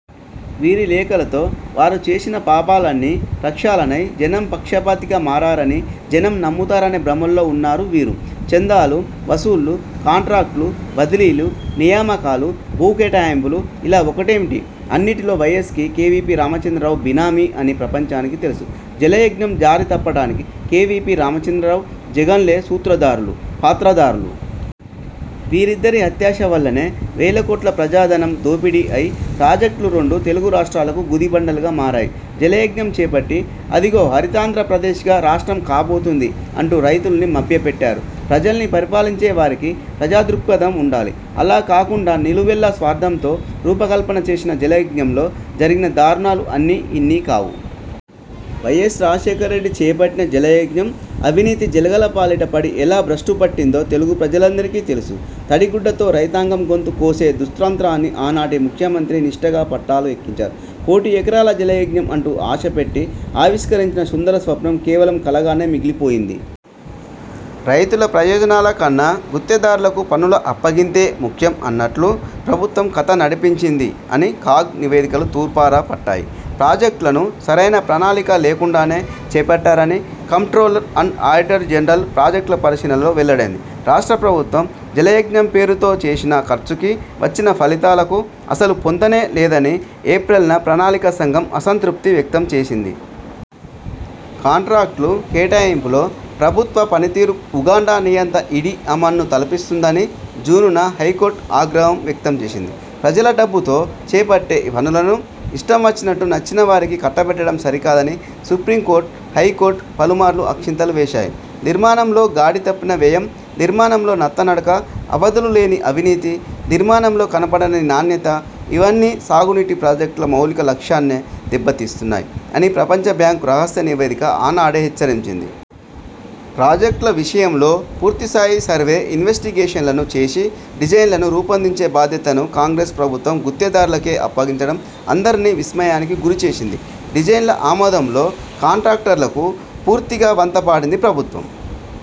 వీరి లేఖలతో వారు చేసిన పాపాలన్నీ ప్రక్షాళనై జనం పక్షపాతిగా మారారని జనం నమ్ముతారనే భ్రమల్లో వున్నారు వీరు. చందాలు, వసూళ్లు, కాంట్రాక్టులు, బదిలీలు, నియామకాలు, భూకేటాయింపులు ఇలా ఒకటేంటి అన్నిటిలో వైఎస్కి, కేవీపీ రామచంద్రరావు బినామీ అని ప్రపంచానికి తెలుసు. జలయజ్ఞం దారి తప్పటానికి కేవీపీ రామచంద్రరావు, జగన్లే సూత్రధారులు, పాత్రధారులు. వీరిద్దరి అత్యాశ వల్లనే వేలకోట్ల ప్రజాధనం దోపిడీ అయి ప్రాజెక్టులు రెండు తెలుగు రాష్ట్రాలకు గుదిబండలుగా మారాయి. జలయజ్ఞం చేపట్టి అదిగో హరితాంధ్రప్రదేశ్గా రాష్ట్రం కాబోతుంది అంటూ రైతుల్ని మభ్యపెట్టారు. ప్రజల్ని పరిపాలించే వారికి ప్రజా దృక్పథం వుండాలి. అలా కాకుండా నిలువెల్లా స్వార్థంతో రూపకల్పన చేసిన జలయజ్ఞంలో జరిగిన దారుణాలు అన్నీ ఇన్ని కావు. వైఎస్ రాజశేఖర్ రెడ్డి చేపట్టిన జలయజ్ఞం అవినీతి జలగలపాలిట పడి ఎలా భ్రష్టుపట్టిందో తెలుగు ప్రజలందరికీ తెలుసు. తడి గుడ్డతో రైతాంగం గొంతు కోసే దుస్తంత్రాన్ని ఆనాటి ముఖ్యమంత్రి నిష్టగా పట్టాలు ఎక్కించారు. కోటి ఎకరాల జలయజ్ఞం అంటూ ఆశపెట్టి ఆవిష్కరించిన సుందర స్వప్నం కేవలం కలగానే మిగిలిపోయింది. రైతుల ప్రయోజనాల కన్నా గుత్తేదారులకు పనుల అప్పగింతే ముఖ్యం అన్నట్లు ప్రభుత్వం కథ నడిపించింది అని కాగ్ నివేదికలు తూర్పార పట్టాయి. ప్రాజెక్టులను సరైన ప్రణాళిక లేకుండానే చేపట్టారని కంప్ర్టోలర్ అండ్ ఆడిటర్ జనరల్ ప్రాజెక్టుల పరిశీలనలో వెల్లడైంది. రాష్ట్ర ప్రభుత్వం జలయజ్ఞం పేరుతో చేసిన ఖర్చుకి, వచ్చిన ఫలితాలకు అసలు పొంతనే లేదని ఏప్రిల్ న ప్రణాళికా సంఘం అసంతృప్తి వ్యక్తంచేసింది. కాంట్రాక్టులు కేటాయింపులో ప్రభుత్వ పనితీరు ఉగాండా నియంత ఇడీ అమీన్ను తలపిస్తుందని జూన్ న హైకోర్టు ఆగ్రహం వ్యక్తం చేసింది. ప్రజల డబ్బుతో చేపట్టే పనులను ఇష్టం వచ్చినట్లు నచ్చినవారికి కట్టబెట్టడం సరికాదని సుప్రీంకోర్టు, హైకోర్టు పలుమార్లు అక్షింతలు వేశాయి. నిర్మాణంలో గాడి తప్పిన వ్యయం, నిర్మాణంలో నత్త నడక, అవధులు లేని అవినీతి, నిర్మాణంలో కనపడని నాణ్యత ఇవన్నీ సాగునీటి ప్రాజెక్టుల మౌలిక లక్ష్యాన్నే దెబ్బతీస్తున్నాయి అని ప్రపంచ బ్యాంకు రహస్య నివేదిక ఆనాడే హెచ్చరించింది. ప్రాజెక్టుల విషయంలో పూర్తిస్థాయి సర్వే ఇన్వెస్టిగేషన్లను చేసి డిజైన్లను రూపొందించే బాధ్యతను కాంగ్రెస్ ప్రభుత్వం గుత్తేదారులకే అప్పగించడం అందర్నీ విస్మయానికి గురిచేసింది. డిజైన్ల ఆమోదంలో కాంట్రాక్టర్లకు పూర్తిగా వంత పాడింది ప్రభుత్వం.